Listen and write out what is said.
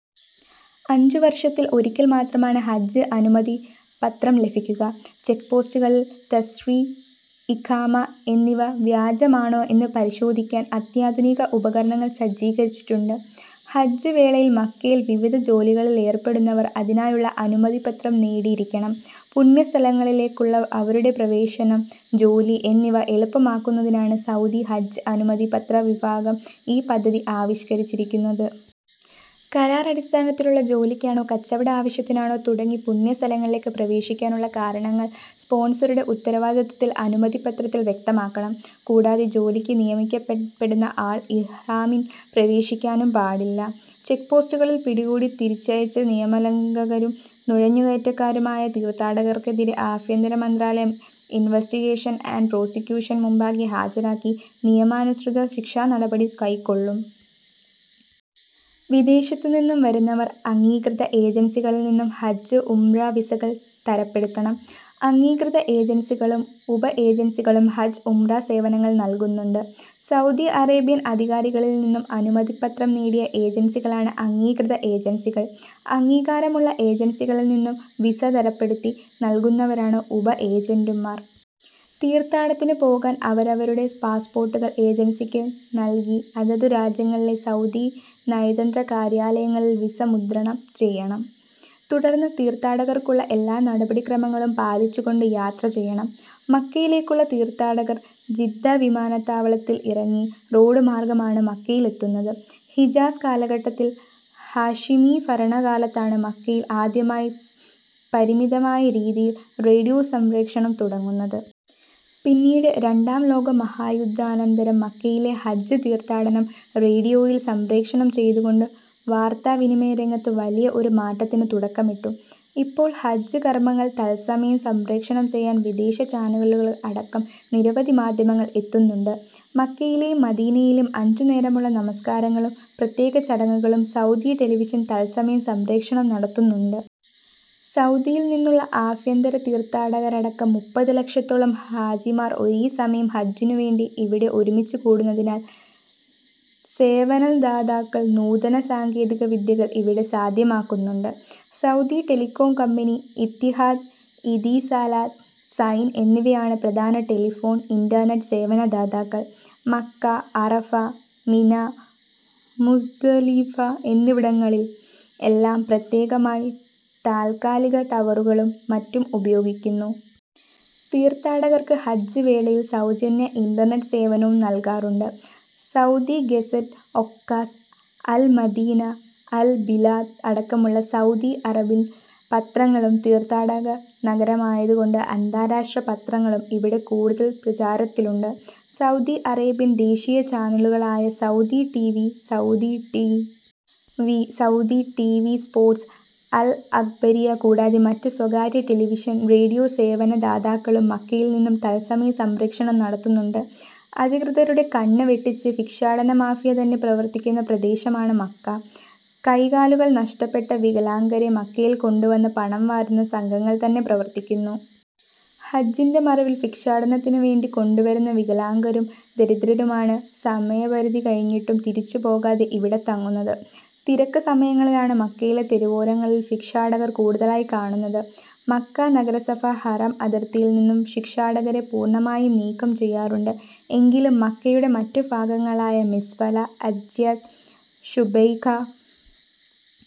അഞ്ചു വർഷത്തിൽ ഒരിക്കൽ മാത്രമാണ് ഹജ്ജ് അനുമതി പത്രം ലഭിക്കുക. ചെക്ക്പോസ്റ്റുകളിൽ തസ്രീഹ്, ഇഖാമ എന്നിവ വ്യാജമാണോ എന്ന് പരിശോധിക്കാൻ അത്യാധുനിക ഉപകരണങ്ങൾ സജ്ജീകരിച്ചിട്ടുണ്ട്. ഹജ്ജ് വേളയിൽ മക്കയിൽ വിവിധ ജോലികളിലേർപ്പെടുന്നവർ അതിനായുള്ള അനുമതി പത്രം നേടിയിരിക്കണം. പുണ്യസ്ഥലങ്ങളിലേക്കുള്ള അവരുടെ പ്രവേശനം, ജോലി എന്നിവ എളുപ്പമാക്കുന്നതിനാണ് സൗദി ഹജ്ജ് അനുമതി പത്ര വിഭാഗം ഈ പദ്ധതി ആവിഷ്കരിച്ചിരിക്കുന്നത്. കരാർ അടിസ്ഥാനത്തിലുള്ള ജോലിക്കാണോ കച്ചവട ആവശ്യത്തിനാണോ തുടങ്ങി പുണ്യ സ്ഥലങ്ങളിലേക്ക് പ്രവേശിക്കാനുള്ള കാരണങ്ങൾ സ്പോൺസറുടെ ഉത്തരവാദിത്തത്തിൽ അനുമതി പത്രത്തിൽ വ്യക്തമാക്കണം. കൂടാതെ ജോലിക്ക് നിയമിക്കപ്പെടുന്ന ആൾ ഇഹ്റാമിൽ പ്രവേശിക്കാനും പാടില്ല. ചെക്പോസ്റ്റുകളിൽ പിടികൂടി തിരിച്ചയച്ച നിയമലംഘകരും നുഴഞ്ഞുകയറ്റക്കാരുമായ തീർഥാടകർക്കെതിരെ ആഭ്യന്തര മന്ത്രാലയം ഇൻവെസ്റ്റിഗേഷൻ ആൻറ് പ്രോസിക്യൂഷന് മുമ്പാകെ ഹാജരാക്കി നിയമാനുസൃത ശിക്ഷാനടപടികൾ കൈക്കൊള്ളും. വിദേശത്തു നിന്നും വരുന്നവർ അംഗീകൃത ഏജൻസികളിൽ നിന്നും ഹജ്ജ്-ഉംറ വിസകൾ തരപ്പെടുത്തണം. അംഗീകൃത ഏജൻസികളും ഉപ ഏജൻസികളും ഹജ്ജ് ഉംറ സേവനങ്ങൾ നൽകുന്നുണ്ട്. സൗദി അറേബ്യൻ അധികാരികളിൽ നിന്നും അനുമതി പത്രം നേടിയ ഏജൻസികളാണ് അംഗീകൃത ഏജൻസികൾ. അംഗീകാരമുള്ള ഏജൻസികളിൽ നിന്നും വിസ തരപ്പെടുത്തി നൽകുന്നവരാണ് ഉപ ഏജന്റുമാർ. തീർഥാടനത്തിനു പോകാൻ അവരവരുടെ പാസ്പോർട്ടുകൾ ഏജൻസികൾക്ക് നൽകി അതതു രാജ്യങ്ങളിലെ സൗദി നയതന്ത്ര കാര്യാലയങ്ങളിൽ വിസ മുദ്രണം ചെയ്യണം. തുടർന്ന് തീർഥാടകർക്കുള്ള എല്ലാ നടപടി ക്രമങ്ങളും പാലിച്ചു കൊണ്ട് യാത്ര ചെയ്യണം. മക്കയിലേക്കുള്ള തീർഥാടകർ ജിദ്ദ വിമാനത്താവളത്തിൽ ഇറങ്ങി റോഡ് മാർഗ്ഗം ആണ് മക്കയിലെത്തുന്നത്. ഹിജാസ് കാലഘട്ടത്തിൽ ഹാഷിമീ ഭരണ കാലത്താണ് മക്കയിൽ ആദ്യമായി പരിമിതമായ രീതിയിൽ റേഡിയോ സംപ്രേഷണം തുടങ്ങുന്നത്. പിന്നീട് രണ്ടാം ലോക മഹാ യുദ്ധാനന്തരം മക്കയിലെ ഹജ്ജ് തീർഥാടനം റേഡിയോയിൽ സംപ്രേഷണം ചെയ്തു കൊണ്ട് വാർത്താ വിനിമയ രംഗത്ത് വലിയ ഒരു മാറ്റത്തിന് തുടക്കമിട്ടു. ഇപ്പോൾ ഹജ്ജ് കർമങ്ങൾ തത്സമയം സംപ്രേഷണം ചെയ്യാൻ വിദേശ ചാനലുകൾ അടക്കം നിരവധി മാധ്യമങ്ങൾ എത്തുന്നുണ്ട്. മക്കയിലെയും മദീനയിലെയും അഞ്ചു നേരമുള്ള നമസ്കാരങ്ങളും പ്രത്യേക ചടങ്ങുകളും സൗദി ടെലിവിഷൻ തൽസമയ സംപ്രേഷണം നടത്തുന്നുണ്ട്. സൗദിയിൽ നിന്നുള്ള ആഭ്യന്തര തീർഥാടകരടക്കം മുപ്പതു ലക്ഷത്തോളം ഹാജിമാർ ഒരേ സമയം ഹജ്ജിനു വേണ്ടി ഇവിടെ ഒരുമിച്ചു കൂടുന്നതിനാൽ സേവനദാതാക്കൾ നൂതന സാങ്കേതിക വിദ്യകൾ ഇവിടെ സാധ്യമാക്കുന്നുണ്ട്. Saudi telecom company, Etihad Etisalat, Zain എന്നിവയാണ് പ്രധാന ടെലിഫോൺ, ഇന്റർനെറ്റ് സേവന ദാതാക്കൾ. മക്ക, അറഫ, മിനാ, മുസ്ദലിഫ എന്നിവിടങ്ങളിൽ എല്ലാം പ്രത്യേകമായി താൽകാലിക ടവറുകളും മറ്റും ഉപയോഗിക്കുന്നു. തീർഥാടകർക്കു ഹജ്ജ് വേളയിൽ സൗജന്യ ഇന്റർനെറ്റ് സേവനവും നൽകാറുണ്ട്. Saudi Gazette, Okaz, Al Madina, Al Bilad അടക്കമുള്ള സൗദി അറബിൻ പത്രങ്ങളും തീർഥാടക നഗരമായത് കൊണ്ട് അന്താരാഷ്ട്ര പത്രങ്ങളും ഇവിടെ കൂടുതൽ പ്രചാരത്തിലുണ്ട്. സൗദി അറേബ്യൻ ദേശീയ ചാനലുകളായ Saudi T. V, Saudi T. V, Saudi T. V sports, Al Akhbariya കൂടാതെ മറ്റു സ്വകാര്യ ടെലിവിഷൻ, റേഡിയോ സേവന ദാതാക്കളും മക്കയിൽ നിന്നും തൽസമയ സംപ്രേഷണം നടത്തുന്നുണ്ട്.. അധികൃതരുടെ കണ്ണ് വെട്ടിച്ചു ഭിക്ഷാടന മാഫിയ തന്നെ പ്രവർത്തിക്കുന്ന പ്രദേശമാണ് മക്ക. കൈകാലുകൾ നഷ്ടപ്പെട്ട വികലാംഗരെ മക്കയിൽ കൊണ്ടുവന്ന് പണം വാരുന്ന സംഘങ്ങൾ തന്നെ പ്രവർത്തിക്കുന്നു. ഹജ്ജിന്റെ മറവിൽ ഭിക്ഷാടനത്തിനു വേണ്ടി കൊണ്ടുവരുന്ന വികലാംഗരും ദരിദ്രരുമാണ് സമയപരിധി കഴിഞ്ഞിട്ടും തിരിച്ചുപോകാതെ ഇവിടെ തങ്ങുന്നത്. തിരക്ക് സമയങ്ങളിലാണ് മക്കയിലെ തെരുവോരങ്ങളിൽ ഭിക്ഷാടകർ കൂടുതലായി കാണുന്നത്. മക്ക നഗരസഭ ഹറം അതിർത്തിയിൽ നിന്നും ഭിക്ഷാടകരെ പൂർണമായും നീക്കം ചെയ്യാറുണ്ട്. എങ്കിലും മക്കയുടെ മറ്റു ഭാഗങ്ങളായ മിസ്ഫല, അജ്യാദ്, ശുബൈഖ,